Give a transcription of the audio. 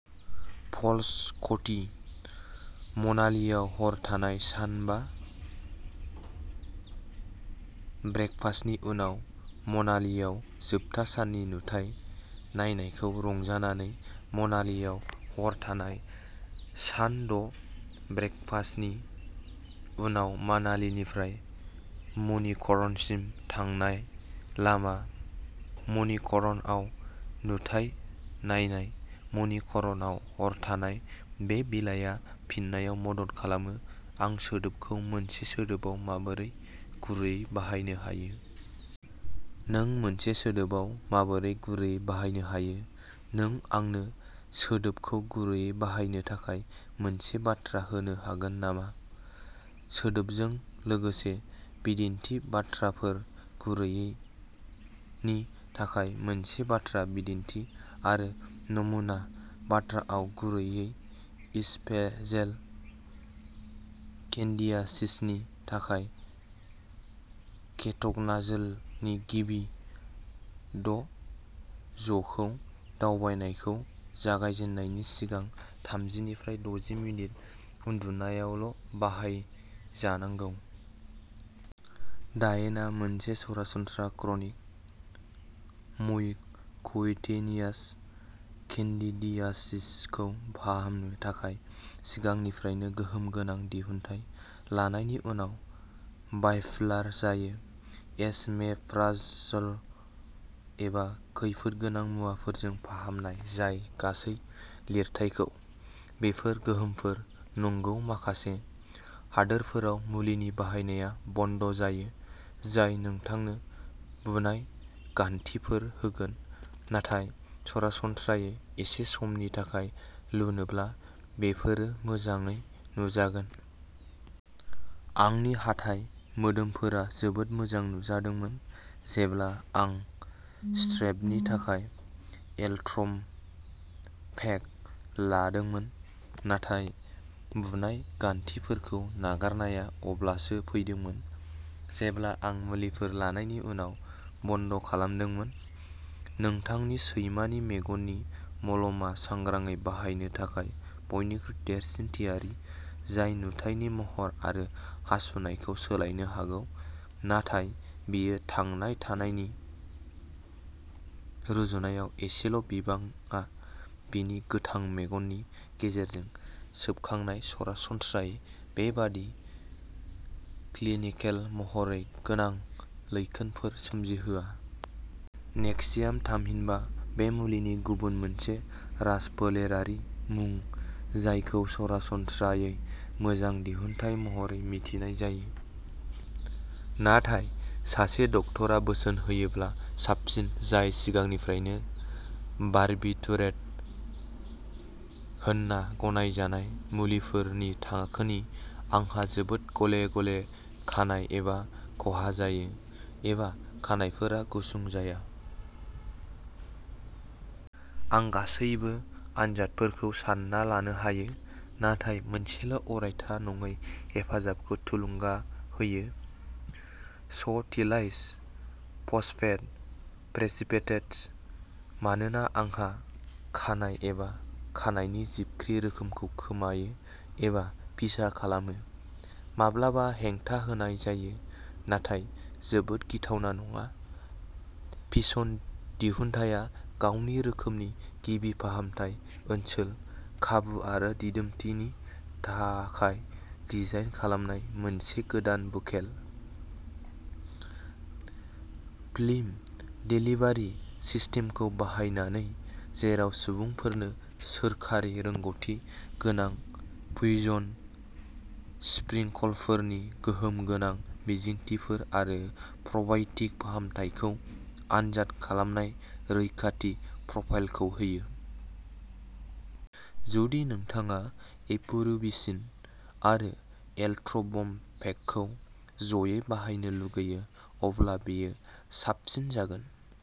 Falls, क'थि। मनालीआव हर थानाय। सान बा ब्रेकफास्टनि उनाव मनालीआव जोबथा साननि नुथाय नायनायखौ रंजानानै। मनालीआव हर थानाय। सान द' ब्रेकफास्टनि उनाव मनालीनिफ्राय मणिकरणसिम थांनाय लामा। मणिकरणआव नुथाय नायनाय। मणिकरणआव हर थानाय। बे बिलाइआ फिननायाव मदद खालामोः आं सोदोबखौ मोनसे सोदोबआव माबोरै गुरैयै बाहायनो हायो? नों मोनसे सोदोबआव माबोरै गुरैयै बाहायनो हायो? नों आंनो सोदोबखौ गुरैयै बाहायनो थाखाय मोनसे बाथ्रा होनो हागोन नामा? सोदोबजों लोगोसे बिदिन्थि बाथ्राफोर, गुरैयैनि थाखाय मोनसे बाथ्रा बिदिन्थि, आरो नमुना बाथ्राआव गुरैयै। इस'फेजेल केन्डिडियासिसनि थाखाय, केटक'नाजोलनि गिबि द'जखौ दावबायनायखौ जागायजेन्नायनि सिगां थामजि निफ्राय द'जि मिनिट उन्दुनायावल'बाहायजानांगौ। डायेनआ मोनसे सरासनस्रा क्रनिक म्युक'क्युटेनियास केन्डिडियासिसखौ फाहामनो थाखाय सिगांनिफ्रायनो गोहोम गोनां दिहुनथाय लानायनि उनाव बाइप'लार जायो। एस'मेप्राज'ल एबा खैफोदगोनां मुवाफोरजों फाहामनाय जाय गासै लिरथाइखौ बेफोर गोहोमफोर। नंगौ, माखासे हादोरफोराव मुलिनि बाहायनाया बन्द'जायो, जाय नोंथांनो बुनाय गान्थिफोर होगोन, नाथाय सरासनस्रायै एसे समनि थाखाय लुनोब्ला, बेफोरो मोजाङै नुजागोन। आंनि हाथाइ मोदोमफोरा जोबोद मोजां नुजादोंमोन जेब्ला आं स्ट्रेपनि थाखाय एलट्रम्ब'पेग लादोंमोन, नाथाय बुनाय गान्थिफोरखौ नागारनाया अब्लासो फैदोंमोन जेब्ला आं मुलिफोर लानायनि उनाव बन्द'खालामदोंमोन। नोंथांनि सैमानि मेगननि मलमआव सांग्राङै बाहायनो थाखाय बयनिख्रुइ देरसिन थियारि, जाय नुथायनि महर आरो हासुनायखौ सोलायनो हागौ, नाथाय बियो थांना थानायनि रुजुनायाव एसेल'बिबांआ बिनि गोथां मेगननि गेजेरजों सोबखांनाय, सरासनस्रायै बेबादि क्लिनिकेल महरै गोनां लैखोनफोर सोमजिहोआ। नेक्सियाम थामहिनबा बे मुलिनि गुबुन मोनसे राजफोलेरारि मुं, जायखौ सरासनस्रायै मोजां दिहुनथाय महरै मिथिनाय जायो, नाथाय सासे डाक्टारा बोसोन होयोब्ला साबसिन, जाय सिगांनिफ्रायनो बार्बिटुरेट होनना गनायजानाय मुलिफोरनि थाखोनि। आंहा जोबोद गले-गले खानाय एबा खहा जायो एबा खानाइफोरा गुसुं जाया। आं गासैबो आनजादफोरखौ सानना लानो हायो, नाथाय मोनसेल'अरायथा नङै हेफाजाबखौ थुलुंगा होयो स'टिलाइज फस्फेट प्रेसिपिटेट्स मानोना आंहा खानाय एबा खानायनि जिबख्रि रोखोमखौ खोमायो एबा फिसा खालामो। माब्लाबा हेंथा होनाय जायो, नाथाय जोबोद गिथावना नङा, फिसन दिहुनथाया गावनि रोखोमनि गिबि फाहामथाय ओनसोल, खाबु आरो दिदोमथिनि थाखाय डिजाइन खालामनाय मोनसे गोदान बुकेल फिल्म देलिभारि सिस्टेमखौ बाहायनानै, जेराव सुबुंफोरनो सोरखारि रोंग'थि गोनां फ्युजन स्प्रिंकलफोरनि गोहोम गोनां मिजिंथिफोर आरो प्र'बाय'टिक फाहामथायखौ आनजाद खालामजानाय रैखाथि प्रफाइलखौ होयो। जुदि नोंथाङा एपिरुबिसिन आरो एलट्र'म्ब'पेगखौ ज'यै बाहायनो लुगैयो, अब्ला बेयो साबसिन जागोन।